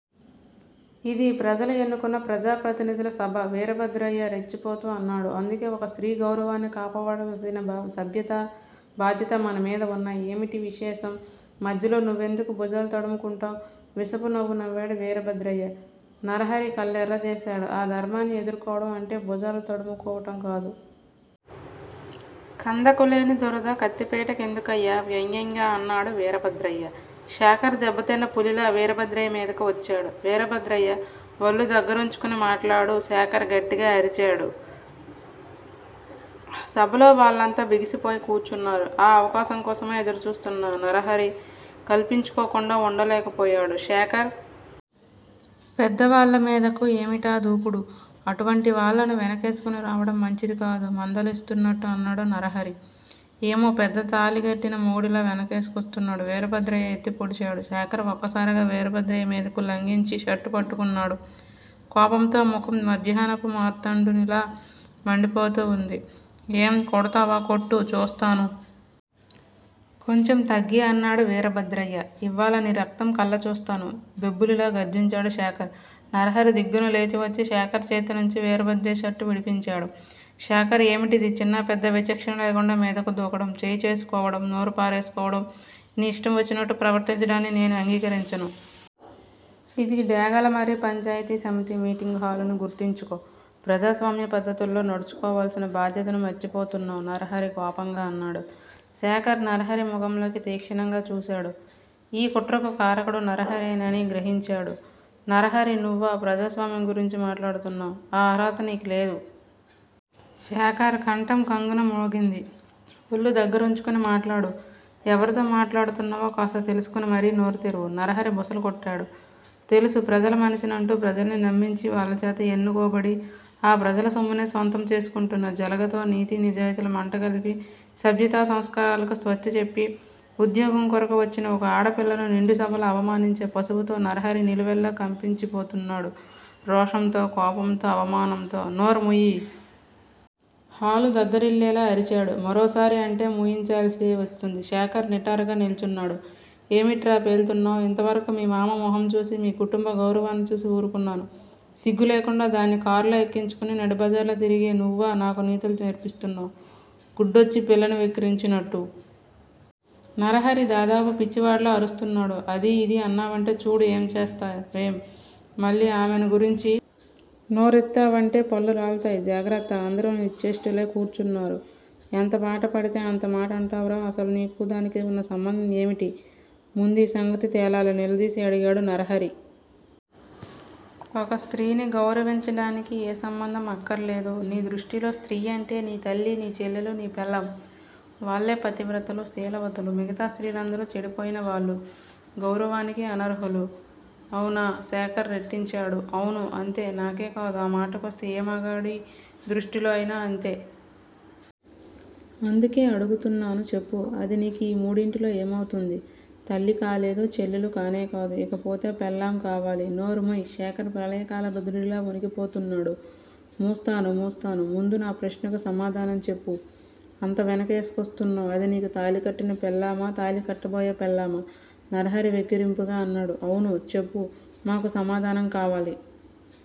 ఇది ప్రజలు ఎన్నుకొన్న ప్రజా ప్రతినిధుల సభ! వీరభద్రయ్య రెచ్చిపోతూ అన్నాడు. అందుకే ఒక స్త్రీ గౌరవాన్ని కాపాడవలసిన సభ్యతా, బాధ్యతా మన మీద వున్నాయ్! ఏమిటి విశేషం! మధ్యలో నువ్వెందుకు భుజాలు తడుముకుంటావ్! విషపు నవ్వు నవ్వాడు వీరభద్రయ్య, నరహరి కళ్ళెర్రజేశాడు. అధర్మాన్ని ఎదుర్కోవడం అంటే భుజాలు తడుము కోవటంకాదు. కందకు లేని దురద కత్తిపీట కెందుకయ్యా? వ్యంగ్యంగా అన్నాడు వీరభద్రయ్య. శేఖర్ దెబ్బతిన్న పులిలా వీరభద్రయ్య మీదకు వచ్చాడు. వీరభద్రయ్యా! వళ్ళు దగ్గరుంచుకొని మాట్లాడు! శేఖర్ గట్టిగా అరిచాడు. సభలో వాళ్ళంతా బిగిసిపోయి కూర్చున్నారు. ఆ అవకాశం కోసమే ఎదురుచూస్తున్న నరహరి కల్పించుకోకుండా వుండలేకపోయాడు. శేఖర్! పెద్దవాళ్ళమీదకు ఏమిటా దూకుడు? అటువంటివాళ్ళను వెనకేసుకు రావడం మంచిదికాదు మందలిస్తున్నట్టు అన్నాడు నరహరి. ఏమో పెద్ద తాళిగట్టిన మొగుడిలా వెనకేసుకొస్తున్నాడు! వీరభద్రయ్య ఎత్తి పొడిచాడు. శేఖర్ ఒక్కసారిగా వీరభద్రయ్యమీదకు లంఘించి షర్టు పట్టుకున్నాడు. కోపంతో ముఖం మధ్యాహ్నపు మార్తాండునిలా మండిపోతూ వుంది. ఏం? కొడ్తావా? కొట్టు చూస్తాను? కొంచెం తగ్గి అన్నాడు వీరభద్రయ్య. ఇవ్వాళ నీ రక్తం కళ్ళచూస్తాను! బెబ్బులిలా గర్జించాడు శేఖర్! నరహరి దిగ్గున లేచివచ్చి శేఖర్ చేతినుంచి వీరభద్రయ్య షర్టు విడిపించాడు. శేఖర్ ఏమిటిది? చిన్నా పెద్దా విచక్షణలేకుండా మీదకు దూకడం, చెయ్యి చేసుకోవడం, నోరు పారేసుకోవడం. నీ యిష్టం వచ్చినట్టు ప్రవర్తించడాన్ని నేను అంగీకరించను. ఇది డేగలమర్రి పంచాయితీ సమితి మీటింగు హాలని గుర్తించుకో! ప్రజాస్వామ్య పద్ధతుల్లో నడుచుకోవలసిన బాధ్యతను మర్చిపోతున్నావు నరహరి కోపంగా అన్నాడు. శేఖర్ నరహరి ముఖంలోకి తీక్షణంగా చూశాడు. ఈ కుట్రకు కారకుడు నరహరేనని గ్రహించాడు. నరహరీ! నువ్వా ప్రజాస్వామ్యం గురించి మాట్లాడుతున్నావ్? ఆ అర్హత నీకు లేదు! శేఖర్ కంఠం ఖంగ్ న మ్రోగింది. వళ్ళు దగ్గరుంచుకొని మాట్లాడు. ఎవరితో మాట్లాడుతున్నావో కాస్త తెలుసుకొని మరీ నోరు తెరువు! నరహరి బుసలు కొట్టాడు. తెలుసు! ప్రజలమనిషినంటూ ప్రజల్ని నమ్మించి వాళ్ళచేత ఎన్నుకోబడి, ఆ ప్రజల సొమ్మునే స్వంతం చేసుకుంటున్న జెలగతో నీతి నిజాయితీలు మంటగలిపి సభ్యతా సంస్కారాలకు స్వస్తి చెప్పి ఉద్యోగంకొరకు వచ్చిన ఒక ఆడపిల్లను నిండు సభలో అవమానించే పశువుతో నరహరి నిలువెల్లా కంపించిపోతున్నాడు రోషంతో, కోపంతో అవమానంతో నోరుముయ్యి! హాలు దద్దరిల్లేలా అరిచాడు. మరోసారి అంటే మూయించాల్సే వస్తుంది! శేఖర్ నిటారుగా నిల్చున్నాడు. ఏమిట్రా పేలుతున్నావ్? ఇంతవరకూ మీ మామ మొహంచూసీ, మీ కుటుంబ గౌరవాన్నిచూసీ ఊరుకున్నాను. సిగ్గులేకుండా దాన్ని కార్లో ఎక్కించుకుని నడిబజార్లో తిరిగే నువ్వా నాకు నీతులు నేర్పిస్తున్నావ్. గుడ్డొచ్చి పిల్లను వెక్కిరించినట్టు? నరహరి దాదాపు పిచ్చివాడిలా అరుస్తున్నాడు. అదీ ఇదీ అన్నావంటే చూడు ఏంచేస్తా వేం? మళ్ళీ ఆమెనుగురించి నోరెత్తావంటే పళ్ళు రాల్తాయ్! జాగ్రత్త! అందరూ నిశ్చేష్టులై కూర్చున్నారు. ఎంతమాట పడితే అంత మాటంటావురా? అసలు నీకూ దానికి వున్న సంబంధం ఏమిటి? ముందీసంగతి తేలాలి? నిలదీసి అడిగాడు నరహరి. ఒక స్త్రీని గౌరవించడానికి ఏ సంబంధమూ అక్కర్లేదు. నీ దృష్టిలో స్త్రీ అంటే, నీ తల్లీ, నీ చెల్లెలూ, నీ పెళ్ళాం. వాళ్ళే పతివ్రతలు శీలవాతులు, మిగతా స్త్రీలందరూ చెడిపోయినవాళ్ళు. గౌరవానికి అనర్హులు. అవునా! శేఖర్ రెట్టించాడు. అవును! అంతే! నాకేకాదు ఆమాటకొస్తే ఏ మగాడి దృష్టిలో ఐనా అంతే. అందుకే అడుగుతున్నాను చెప్పు! అది నీకు ఈ మూడింటిలో ఏమౌతుంది? తల్లి కాలేదు. చెల్లెలు కానేకాదు. ఇక పోతే పెళ్ళాం కావాలి! నోరు ముయ్! శేఖర్ ప్రళయకాల రుద్రుడిలా వణికిపోతున్నాడు. మూస్తాను! మూస్తాను! ముందు నా ప్రశ్నకు సమాధానం చెప్పు! అంత వెనకేసుకొస్తున్నావ్ అది నీకు తాళికట్టిన పెళ్ళామా తాళి కట్టబోయే పెళ్ళామా! నరహరి వెక్కిరింపుగా అన్నాడు. అవును! చెప్పు! మాకు సమాధానం కావాలి!